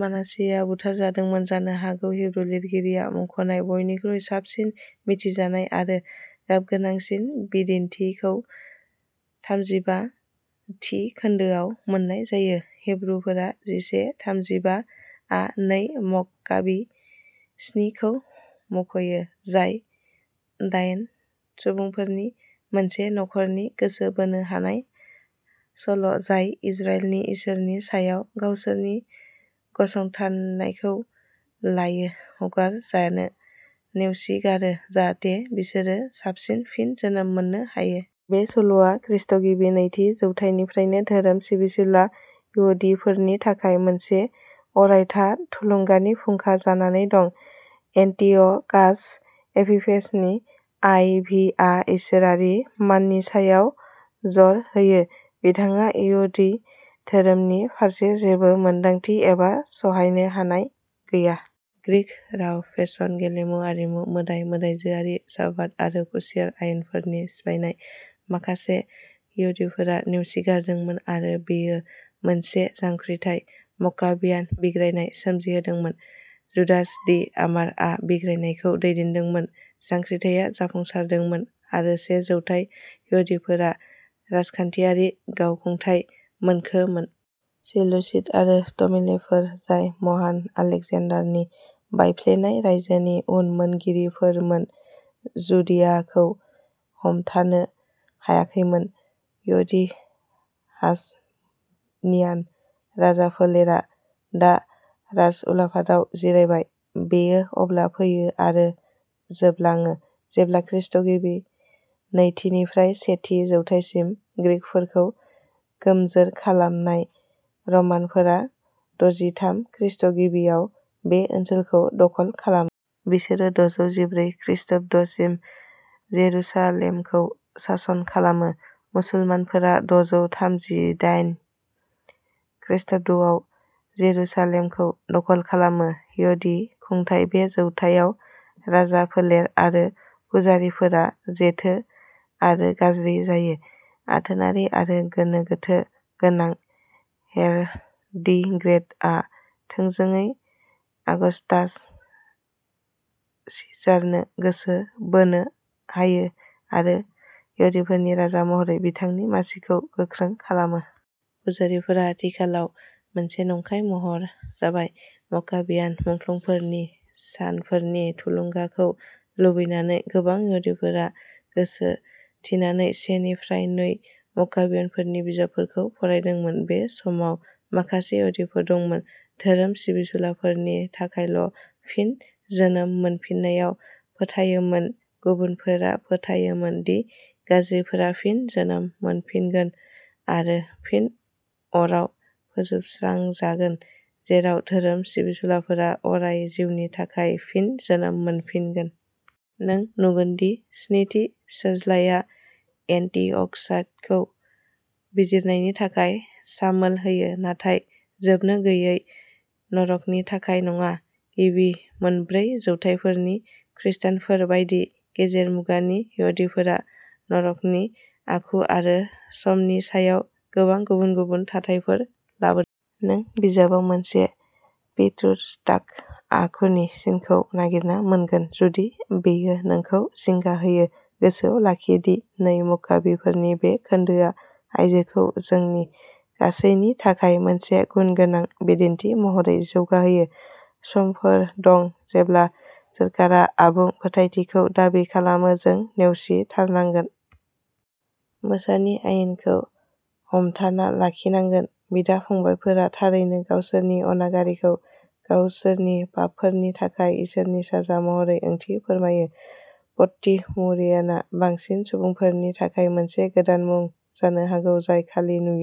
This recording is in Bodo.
मानासेहआ बुथारजादोंमोन। जानो हागौ हिब्रु लिरगिरिया मुंख'नाय बयनिख्रुइ साबसिन मिथिजानाय आरो गाबगोनांसिन बिदिन्थिखौ थामजिबा थि खोन्दोआव मोन्नाय जायो। हिब्रुफोरा जिसे थामजिबा आ नै मक्काबी स्नि खौ मुंख'यो, जाय दायेन सुबुंफोरनि मोनसे नखरनि गोसो बोनो हानाय सल' जाय इजराइलनि इसोरनि सायाव गावसोरनि गसंथानायखौ लायो, हगारजानो नेवसिगारो जाहाथे बिसोरो साबसिन फिन जोनोम मोननो हायो। बे सल'आ खृष्टगिबि नैथि जौथायनिफ्रायनो धोरोम सिबिसुला इहुदिफोरनि थाखाय मोनसे अरायथा थुलुंगानि फुंखा जानानै दं। एन्टिअ'कास एपिफेनेस आइ भि आ इसोरारि माननि सायाव जर होयो। बिथांहा इहुदि धोरोमनि फारसे जेबो मोनदांथि एबा सहायनो हानाय गैया। ग्रीक राव, फेशन, गेलेमु, हारिमु, मोदाय-मोदायजोआरि। साब्बाथ आरो कसेर आयेनफोरनि सिफायनाय। माखासे इहुदिफोरा नेवसिगारदोंमोन आरो बेयो मोनसे जांख्रिथाय, मक्काबियान बिग्रायनाय, सोमजिहोदोंमोन। जुडास दि हामार आ बिग्रायनायखौ दैदेनदोंमोन। जांख्रिथाया जाफुंसारदोंमोन आरो से जौथाय इहुदिफोरा राजखान्थियारि गावखुंथाय मोनखोमोन। सेलुसिड आरो टलेमिफोर, जाय महान आलेकजेन्डारनि बायफ्लेनाय रायजोनि उनमोनगिरिफोरमोन, जुदियाखौ हमथानो हायाखैमोन। इहुदि हासमनियान राजाफोलेरा दा राजउलाफादाव जिरायबाय। बेयो अब्ला फैयो आरो जोबलाङो जेब्ला खृष्टगिबि नैथिनिफ्राय सेथि जौथायसिम ग्रीकफोरखौ गोमजोर खालामनाय रमानफोरा दजिथाम खृष्टगिबिआव बे ओनसोलखौ दखल खालामो। बिसोरो दजौ जिब्रै खृष्टाब्दसिम जेरुसालेमखौ सासन खालामो। मुसलमानफोरा दजौ थामजिदायेन खृष्टाब्दआव जेरुसालेमखौ दखल खालामो। इहुदि खुंथायनि बे जौथाइआव, राजाफोलेर आरो पुजारीफोरा जेथो आरो गाज्रि जायो। आथोनारि आरो गोनो गोथो गोनां हेर'ड दि ग्रेटआ थोंजोङै आगस्तास सिजारनो गोसो बोनो हायो आरो इहुदिफोरनि राजा महरै बिथांनि मासिखौ गोख्रों खालामो। पुजारीफोरा आथिखालाव मोनसे नंखाय महर जाबाय। मक्काबियान मुंख्लंफोरनि सानफोरनि थुलुंगाखौ लुबैनानै, गोबां इहुदिफोरा गोसो थिनानै से निफ्राय नै मक्काबीफोरनि बिजाबफोरखौ फरायदोंमोन। बे समाव माखासे इहुदिफोर दंमोन। धोरोम सिबिसुलाफोरनि थाखायल' फिन जोनोम मोनफिननायाव फोथायोमोन, गुबुनफोरा फोथायोमोन दि गाज्रिफोरा फिन जोनोम मोनफिनगोन आरो फिन अराव फोजोबस्रांजागोन, जेराव धोरोम सिबिसुलाफोरा अराय जिउनि थाखाय फिन जोनोम मोनफिनगोन। नों नुगोन दि स्निथि फिसाज्लाया एन्टिअकासखौ बिजिरनायनि थाखाय सामोल होयो, नाथाय जोबनो गैयै नरकनि थाखाय नङा। गिबि मोनब्रै जौथायफोरनि खृष्टानफोर बायदि गेजेर मुगानि इहुदिफोरा नरकनि आखु आरो समनि सायाव गोबां गुबुन गुबुन थाथायफोर लादोंमोन। नों बिजाबाव मोनसे पितृसत्ताक आखुनि सिनखौ नागिरना मोनगोन। जुदि बेयो नोंखौ जिंगा होयो, गोसोआव लाखि दि नै मक्काबीफोरनि बे खोनदोआ आयजोखौ जोंनि गासैनि थाखाय मोनसे गुनगोनां बिदिन्थि महरै जौगाहोयो। समफोर दं जेब्ला सोरखारा आबुं फोथायथिखौ दाबि खालामो जों नेवसिथारनांगोन। मोसानि आयेनखौ हमथाना लाखिनांगोन। बिदा-फंबायफोरा थारैनो गावसोरनि अनागारिखौ गावसोरनि पापफोरनि थाखाय इसोरनि साजा महरै ओंथि फोरमायो। पट्टि मुरिनआ बांसिन सुबुंफोरनि थाखाय मोनसे गोदान मुं जानो हागौ जाय खालि नुयो।